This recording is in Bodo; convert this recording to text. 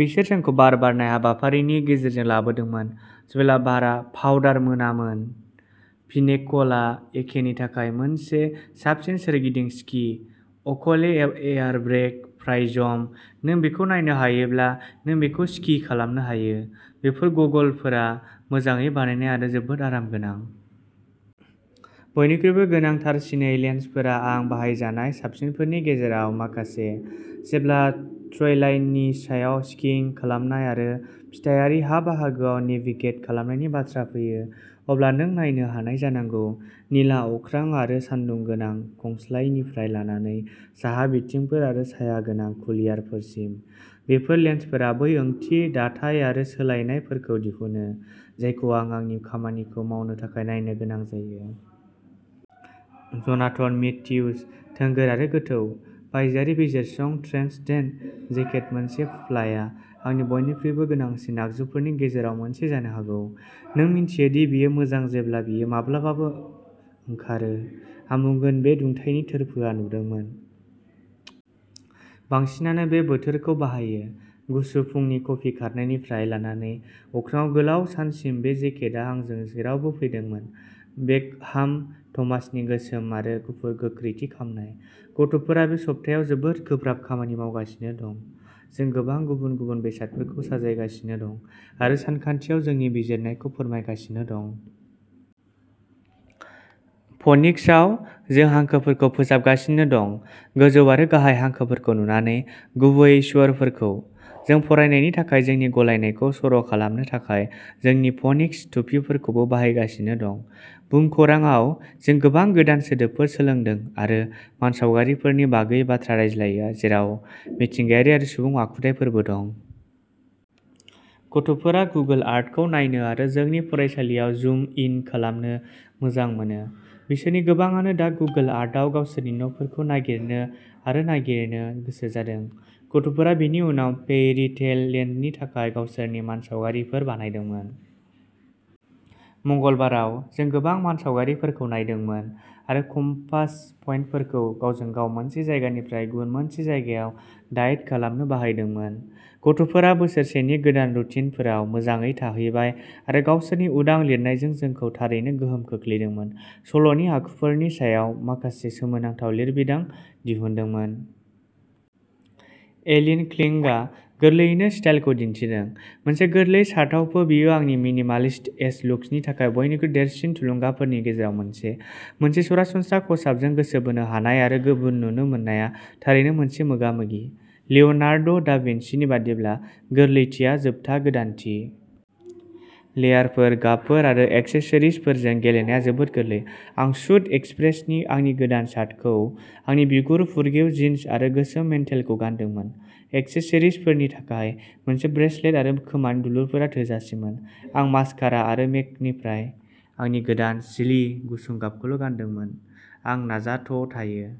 बिसोर जोंखौ बार बारनाय हाबाफारिनि गेजेरजों लाबोदोंमोन जेब्ला बारा पाउडार मोनामोन। पिनेकलआ एकेनि थाखाय मोनसे साबसिन सोरगिदिं स्कि। अकले एयारब्रेक प्राइजम-"नों बेखौ नायनो हायोब्ला नों बेखौ स्कि खालामनो हायो।" बेफोर गगलफोरा मोजाङै बानायनाय आरो जोबोद आरामगोनां। बयनिख्रुइबो गोनांथारसिनै लेन्सफोरा आं बाहायजानाय साबसिनफोरनि गेजेराव माखासे। जेब्ला ट्रेइलाइननि सायाव स्किइं खालामनाय आरो फिथायारि हा-बाहागोआव नेभिगेट खालामनायनि बाथ्रा फैयो, अब्ला नों नायनो हानाय जानांगौ। निला अख्रां आरो सान्दुं गोनां खंस्लायनिफ्राय लानानै साहा बिथिंफोर आरो सायागोनां कुलियारफोरसिम बेफोर लेन्सफोरा बै ओंथि, दाथाय आरो सोलायनायफोरखौ दिहुनो जायखौ आं आंनि खामानिखौ मावनो थाखाय नायनो गोनां जायो। Jonathan Matthews. थोंगोर आरो गोथौ। बायजोआरि बिजिरसं ट्रेन्सडेन्ट जेकेट-मोनसे फुफ्लाया आंनि बयनिख्रुइबो गोनांसिन आगजुफोरनि गेजेराव मोनसे जानो हागौ। नों मिन्थियो दि बेयो मोजां जेब्ला बेयो माब्लाबाबो ओंखारो। आं बुंगोन बे दुंथायनि थोरफोआ नुदोंमोन। बांसिनानो बे बोथोरखौ बाहायो। गुसु फुंनि कफि खारनायनिफ्राय लानानै अख्राङाव गोलाव सानसिम बे जेकेटआ आंजों जेरावबो फैदोंमोन। बेकहाम थमासनि गोसोम आरो गुफुर गोख्रैथि खामनाय। गथ'फोरा बे सप्तायाव जोबोद गोब्राब खामानि मावगासिनो दं। जों गोबां गुबुन-गुबुन बेसादफोरखौ साजायगासिनो दं आरो सानखान्थियाव जोंनि बिजिरनायखौ फोरमायगासिनो दं। फनिक्सआव, जों हांखोफोरखौ फोसाबगासिनो दं-गोजौ आरो गाहाय हांखोफोरखौ नुनानै, गुबैयै स्वरफोरखौ। जों फरायनायनि थाखाय जोंनि गलायनायखौ सर'खालामनो थाखाय जोंनि फनिक्स टुपिफोरखौबो बाहायगासिनो दं। भुमखौरांआव, जों गोबां गोदान सोदोबफोर सोलोंदों आरो मानसावगारिफोरनि बागै बाथ्रा रायज्लायो, जेराव मिथिंगायारि आरो सुबुं आखुथायफोरबो दं। गथ'फोरा गुगोल आर्थखौ नायनो आरो जोंनि फरायसालियाव जुम इन खालामनो मोजां मोनो। बिसोरनि गोबांआनो दा गुगोल आर्थआव गावसोरनि न'फोरखौ नागिरनो आरो नागिरनो गोसो जादों! गथ'फोरा बेनि उनाव फेयरी टेल लेन्डनि थाखाय गावसोरनि मानसावगारिफोर बानायदोंमोन। मंगलबाराव। जों गोबां मानसावगारिफोरखौ नायदोंमोन आरो कम्पास पइन्टफोरखौ गावजों-गाव मोनसे जायगानिफ्राय गुबुन मोनसे जायगायाव डायेट खालामनो बाहायदोंमोन। गथ'फोरा बोसोरसेनि गोदान रुटिनफोराव मोजाङै थाहैबाय आरो गावसोरनि उदां लिरनायजों जोंखौ थारैनो गोहोम खोख्लैदोंमोन। सल'नि आखुफोरनि सायाव माखासे सोमोनांथाव लिरबिदां दिहुनदोंमोन। एलिन क्लिंगआ गोरलैयैनो स्टाइलखौ दिन्थिदों मोनसे गोरलै शार्टआवबो। बियो आंनि मिनिमालिस्ट एज लुक्सनि थाखाय बयनिख्रुइ देरसिन थुलुंगाफोरनि गेजेराव मोनसे। मोनसे सरासनस्रा खसाबजों गोसो बोनो हानाय आरो गुबुन नुनो मोननाया थारैनो मोनसे मोगामोगि। लिओनार्दो दा भिन्चिनि बायदिब्ला, गोरलैथिया जोबथा गोदानथि। लेयारफोर, गाबफोर आरो एक्सेसरिजफोरजों गेलेनाया जोबोद गोरलै। आं सुद एक्सप्रेसनि आंनि गोदान शार्टखौ, आंनि बिगुर फुरगेव जिन्स आरो गोसोम मेन्टेलखौ गानदोंमोन। एक्सेसरिजफोरनि थाखाय, मोनसे ब्रेसलेट आरो खोमानि दुलुरफोरा थोजासेमोन। आं मास्कारा आरो मेकनिफ्राय आंनि गोदान "चिलि" गुसुं गाबखौल'गानदोंमोन। आं नाजाथ'थायो।